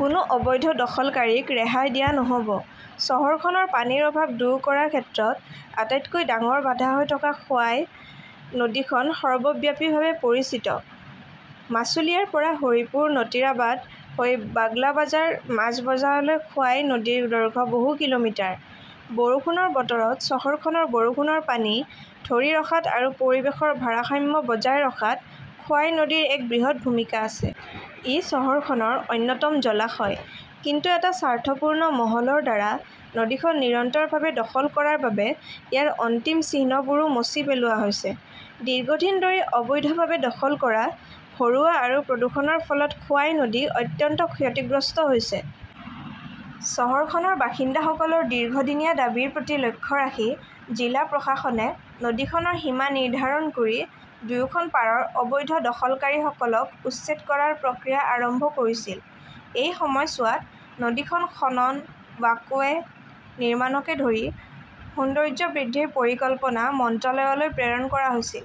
কোনো অবৈধ দখলকাৰীক ৰেহাই দিয়া নহ'ব। চহৰখনৰ পানীৰ অভাৱ দূৰ কৰাৰ ক্ষেত্ৰত আটাইতকৈ ডাঙৰ বাধা হৈ থকা খোৱাই নদীখন সৰ্বব্যাপীভাৱে পৰিচিত। মাছুলিয়াৰ পৰা হৰিপুৰ-নটীৰাবাদ হৈ বাগলাবাজাৰ, মাছবজাৰলৈ খোৱাই নদীৰ দৈৰ্ঘ্য বহু কিলোমিটাৰ। বৰষুণৰ বতৰত চহৰখনৰ বৰষুণৰ পানী ধৰি ৰখাত আৰু পৰিৱেশৰ ভাৰসাম্য বজাই ৰখাত খোৱাই নদীৰ এক বৃহৎ ভূমিকা আছে। ই চহৰখনৰ অন্যতম জলাশয়। কিন্তু এটা স্বাৰ্থপূৰ্ণ মহলৰ দ্বাৰা নদীখন নিৰন্তৰভাৱে দখল কৰাৰ বাবে ইয়াৰ অন্তিম চিহ্নবোৰো মচি পেলোৱা হৈছে। দীৰ্ঘদিন ধৰি অবৈধভাৱে দখল কৰা, ভৰোৱা আৰু প্ৰদূষণৰ ফলত খোৱাই নদী অত্যন্ত ক্ষতিগ্ৰস্ত হৈছে। চহৰখনৰ বাসিন্দাসকলৰ দীৰ্ঘদিনীয়া দাবীৰ প্ৰতি লক্ষ্য ৰাখি জিলা প্ৰশাসনে নদীখনৰ সীমা নিৰ্ধাৰণ কৰি দুয়োখন পাৰৰ অবৈধ দখলকাৰীসকলক উচ্ছেদ কৰাৰ প্ৰক্ৰিয়া আৰম্ভ কৰিছিল। এই সময়ছোৱাত নদীখন খনন, ৱাকৱে নিৰ্মাণকে ধৰি সৌন্দৰ্য্য বৃদ্ধিৰ পৰিকল্পনা মন্ত্ৰালয়লৈ প্ৰেৰণ কৰা হৈছিল।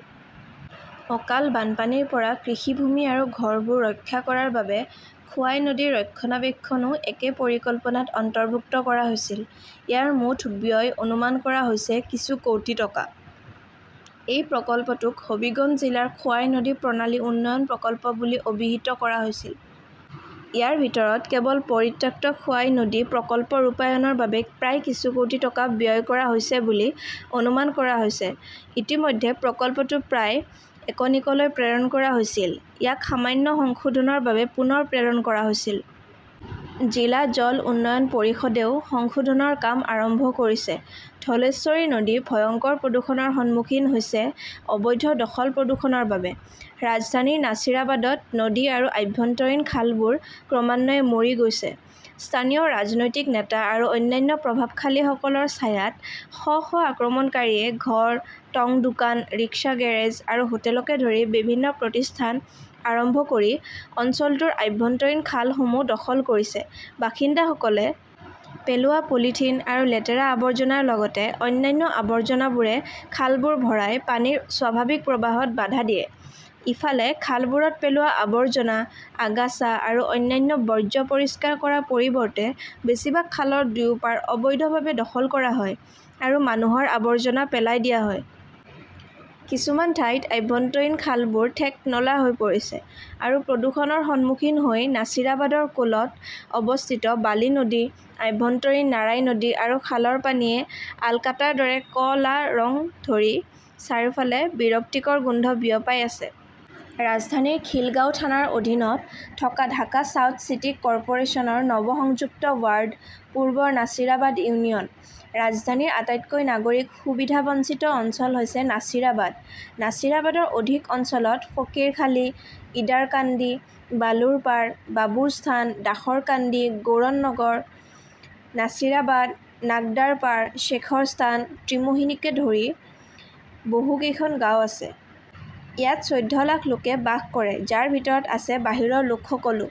অকাল বানপানীৰ পৰা কৃষিভূমি আৰু ঘৰবোৰ ৰক্ষা কৰাৰ বাবে খোৱাই নদীৰ ৰক্ষণাবেক্ষণও একে পৰিকল্পনাত অন্তৰ্ভুক্ত কৰা হৈছিল। ইয়াৰ মুঠ ব্যয় অনুমান কৰা হৈছে কিছু কোটি টকা। এই প্ৰকল্পটোক হবিগঞ্জ জিলাৰ খোৱাই নদী প্ৰণালী উন্নয়ন প্ৰকল্প বুলি অভিহিত কৰা হৈছিল। ইয়াৰ ভিতৰত কেৱল পৰিত্যক্ত খোৱাই নদী প্ৰকল্প ৰূপায়ণৰ বাবে প্ৰায় কিছু কোটি টকা ব্যয় কৰা হৈছে বুলি অনুমান কৰা হৈছে। ইতিমধ্যে প্ৰকল্পটো প্ৰাক-একনিকলৈ প্ৰেৰণ কৰা হৈছিল, ইয়াক সামান্য সংশোধনৰ বাবে পুনৰ প্ৰেৰণ কৰা হৈছিল। জিলা জল উন্নয়ন পৰিষদেও সংশোধনৰ কাম আৰম্ভ কৰিছে। ধলেশ্বৰী নদী ভয়ংকৰ প্ৰদূষণৰ সন্মুখীন হৈছে অবৈধ দখল-প্ৰদূষণৰ বাবে ।ৰাজধানীৰ নাছিৰাবাদত নদী আৰু আভ্যন্তৰীণ খালবোৰ ক্ৰমান্বয়ে মৰি গৈছে। স্থানীয় ৰাজনৈতিক নেতা আৰু অন্যান্য প্ৰভাৱশালীসকলৰ ছায়াত শ শ আক্ৰমণকাৰীয়ে ঘৰ, টঙ দোকান, ৰিক্সা গেৰেজ আৰু হোটেলকে ধৰি বিভিন্ন প্ৰতিষ্ঠান আৰম্ভ কৰি অঞ্চলটোৰ আভ্যন্তৰীণ খালসমূহ দখল কৰিছে। বাসিন্দাসকলে পেলোৱা পলিথিন আৰু লেতেৰা আৱৰ্জনাৰ লগতে অন্যান্য আৱৰ্জনাবোৰে খালবোৰ ভৰাই পানীৰ স্বাভাৱিক প্ৰবাহত বাধা দিয়ে। ইফালে, খালবোৰত পেলোৱা আৱৰ্জনা, আগাছা আৰু অন্যান্য বৰ্জ্য পৰিষ্কাৰ কৰাৰ পৰিৱৰ্তে বেছিভাগ খালৰ দুয়োপাৰ অবৈধভাৱে দখল কৰা হয় আৰু মানুহৰ আৱৰ্জনা পেলাই দিয়া হয়। কিছুমান ঠাইত আভ্যন্তৰীণ খালবোৰ ঠেক নলা হৈ পৰিছে আৰু প্ৰদূষণৰ সন্মুখীন হৈ নাছিৰাবাদৰ কোলত অৱস্থিত বালি নদী, আভ্যন্তৰীণ নাৰাই নদী আৰু খালৰ পানীয়ে আলকাটাৰ দৰে ক 'লা ৰং ধৰি চাৰিওফালে বিৰক্তিকৰ গোন্ধ বিয়পাই আছে। ৰাজধানীৰ খিলগাঁও থানাৰ অধীনত থকা ঢাকা চাউথ চিটি কৰ্পোৰেচন ৰ নৱ-সংযুক্ত ৱাৰ্ড, পূৰ্বৰ নাছিৰাবাদ ইউনিয়ন। ৰাজধানীৰ আটাইতকৈ নাগৰিক সুবিধাবঞ্চিত অঞ্চল হৈছে নাছিৰাবাদ। নাছিৰাবাদৰ অধিক অঞ্চলত ফকীৰখালী, ইদাৰকান্দি, বালুৰপাৰ, বাবুৰ স্থান, দাসৰকান্দি, গৌড়নগৰ, নাছিৰাবাদ, নাগদাৰপাৰ, শ্বেখৰ স্থান আৰু ত্ৰিমোহনীকে ধৰি বহুকেইখন গাঁও আছে। ইয়াত চৌধ্য লাখ লোক বাস কৰে, যাৰ ভিতৰত আছে বাহিৰৰ লোকসকলো।